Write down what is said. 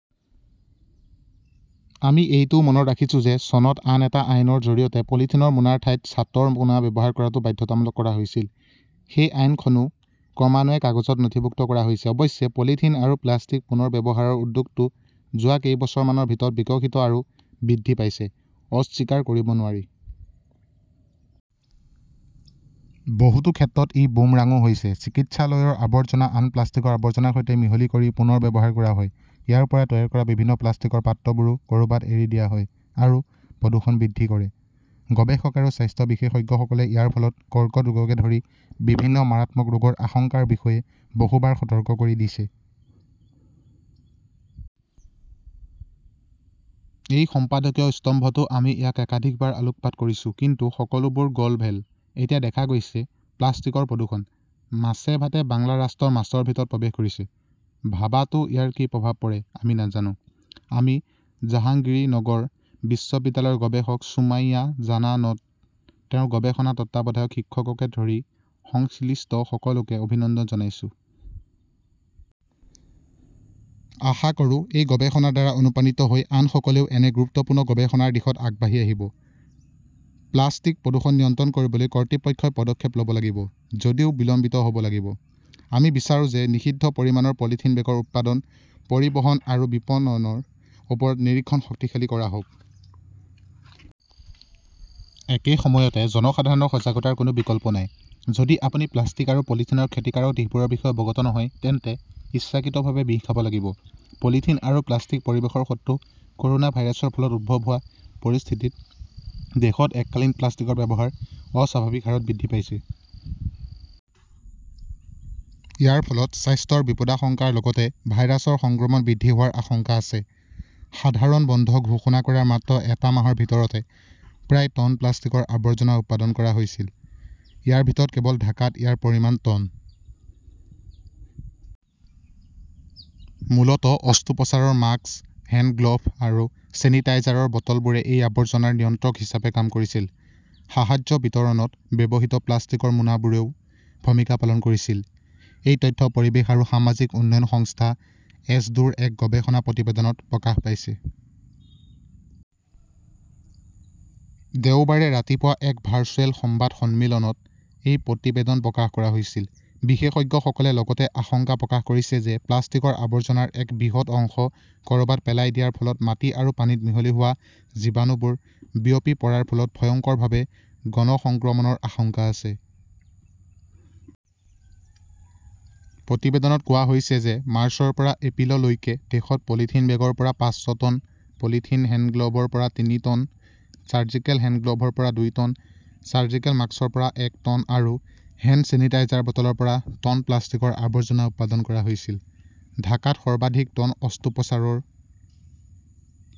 আমি এইটোও মনত ৰাখিছোঁ যে চনত আন এটা আইনৰ জৰিয়তে পলিথিনৰ মোনাৰ ঠাইত চাটৰ মোনা ব্যৱহাৰ কৰাটো বাধ্যতামূলক কৰা হৈছিল। সেই আইনখনও ক্ৰমান্বয়ে কাগজত নথিভুক্ত কৰা হৈছে। অৱশ্যে, পলিথিন আৰু প্লাষ্টিক পুনৰ্ব্যৱহাৰৰ উদ্যোগটো যোৱা কেইবছৰমানৰ ভিতৰত বিকশিত আৰু বৃদ্ধি পাইছে-অস্বীকাৰ কৰিব নোৱাৰি। বহুতো ক্ষেত্ৰত ই বুমৰাংও হৈছে। চিকিৎসালয়ৰ আৱৰ্জনা আন প্লাষ্টিকৰ আৱৰ্জনাৰ সৈতে মিহলি কৰি পুনৰ্ব্যৱহাৰ কৰা হয়; ইয়াৰ পৰা তৈয়াৰ কৰা বিভিন্ন প্লাষ্টিকৰ পাত্ৰবোৰো ক’ৰবাত এৰি দিয়া হয় আৰু প্ৰদূষণ বৃদ্ধি কৰে। গৱেষক আৰু স্বাস্থ্য বিশেষজ্ঞসকলে ইয়াৰ ফলত কৰ্কট ৰোগকে ধৰি বিভিন্ন মাৰাত্মক ৰোগৰ আশংকাৰ বিষয়ে বহুবাৰ সতৰ্ক কৰি দিছে। এই সম্পাদকীয় স্তম্ভতো আমি ইয়াক একাধিকবাৰ আলোকপাত কৰিছো। কিন্তু সকলোবোৰ গৰ্ল ভেল! এতিয়া দেখা গৈছে-প্লাষ্টিকৰ প্ৰদূষণ 'মাছে ভাতে বাংলা ৰাষ্ট্ৰৰ মাছৰ ভিতৰত প্ৰৱেশ কৰিছে। ভাৱাতো ইয়াৰ কি প্ৰভাৱ পৰে আমি নাজানো। আমি জাহাঙ্গীৰনগৰ বিশ্ববিদ্যালয়ৰ গৱেষক সুমাইয়া জাননাত, তেওঁৰ গৱেষণা তত্ত্বাৱধায়ক শিক্ষককে ধৰি সংশ্লিষ্ট সকলোকে অভিনন্দন জনাইছো। আশা কৰোঁ এই গৱেষণাৰ দ্বাৰা অনুপ্ৰাণিত হৈ আনসকলেও এনে গুৰুত্বপূৰ্ণ গৱেষণাৰ দিশত আগবাঢ়ি আহিব। পলাস্টিক প্ৰদূষণ নিয়ন্ত্ৰণ কৰিবলৈ কৰ্তৃপক্ষই পদক্ষেপ ল’ব লাগিব, যদিও বিলম্বিত হ’ব লাগিব। আমি বিচাৰো যে নিষিদ্ধ পৰিমাণৰ পলিথিন বেগৰ উৎপাদন, পৰিবহণ আৰু বিপণনৰ ওপৰত নিৰীক্ষণ শক্তিশালী কৰা হওক। একে সময়তে, জনসাধাৰণৰ সজাগতাৰ কোনো বিকল্প নাই। যদি আপুনি প্লাষ্টিক আৰু পলিথিনৰ ক্ষতিকাৰক দিশবোৰৰ বিষয়ে অৱগত নহয় তেন্তে ইচ্ছাকৃতভাৱে বিষ খাব লাগিব। পলিথিন আৰু প্লাষ্টিক পৰিৱেশৰ শত্ৰু ক’ৰ’না ভাইৰাছৰ ফলত উদ্ভৱ হোৱা পৰিস্থিতিত দেশত এককালীন প্লাষ্টিকৰ ব্যৱহাৰ অস্বাভাৱিক হাৰত বৃদ্ধি পাইছে। ইয়াৰ ফলত স্বাস্থ্যৰ বিপদাশংকাৰ লগতে ভাইৰাছৰ সংক্ৰমণ বৃদ্ধি হোৱাৰ আশংকা আছে। সাধাৰণ বন্ধ ঘোষণা কৰাৰ মাত্ৰ এটা মাহৰ ভিতৰতে প্ৰায় টন প্লাষ্টিকৰ আৱৰ্জনা উৎপাদন কৰা হৈছিল। ইয়াৰ ভিতৰত কেৱল ঢাকাত ইয়াৰ পৰিমাণ টন। মূলতঃ অস্ত্ৰোপচাৰৰ মাস্ক, হেণ্ডগ্লাভ আৰু ছেনিটাইজাৰৰ বটলবোৰে এই আৱৰ্জনাৰ নিয়ন্ত্ৰক হিচাপে কাম কৰিছিল। সাহায্য বিতৰণত ব্যৱহৃত প্লাষ্টিকৰ মোনাবোৰেও ভূমিকা পালন কৰিছিল। এই তথ্য পৰিৱেশ আৰু সামাজিক উন্নয়ন সংস্থা-এছডোৰ এক গৱেষণা প্ৰতিবেদনত প্ৰকাশ পাইছে। দেওবাৰে ৰাতিপুৱা এক ভাৰ্চুৱেল সংবাদ সন্মিলনত এই প্ৰতিবেদন প্ৰকাশ কৰা হৈছিল। বিশেষজ্ঞসকলে লগতে আশংকা প্ৰকাশ কৰিছে যে প্লাষ্টিকৰ আৱৰ্জনাৰ এক বৃহৎ অংশ ক’ৰবাত পেলাই দিয়াৰ ফলত মাটি আৰু পানীত মিহলি হোৱা জীৱাণুবোৰ বিয়পি পৰাৰ ফলত ভয়ংকৰভাৱে গণ সংক্ৰমণৰ আশংকা আছে। প্ৰতিবেদনত কোৱা হৈছে যে মাৰ্চৰ পৰা এপ্ৰিললৈকে দেশত পলিথিন বেগৰ পৰা পাঁচ, টন, পলিথিন হেণ্ডগ্লাভৰ পৰা তিনি, টন, চাৰ্জিকেল হেণ্ডগ্লাভৰ পৰা দুই, টন, চাৰ্জিকেল মাস্কৰ পৰা এক, টন আৰু হেণ্ড ছেনিটাইজাৰৰ বটলৰ পৰা টন প্লাষ্টিকৰ আৱৰ্জনা উৎপাদন কৰা হৈছিল। ঢাকাত সৰ্বাধিক টন অস্ত্ৰোপচাৰৰ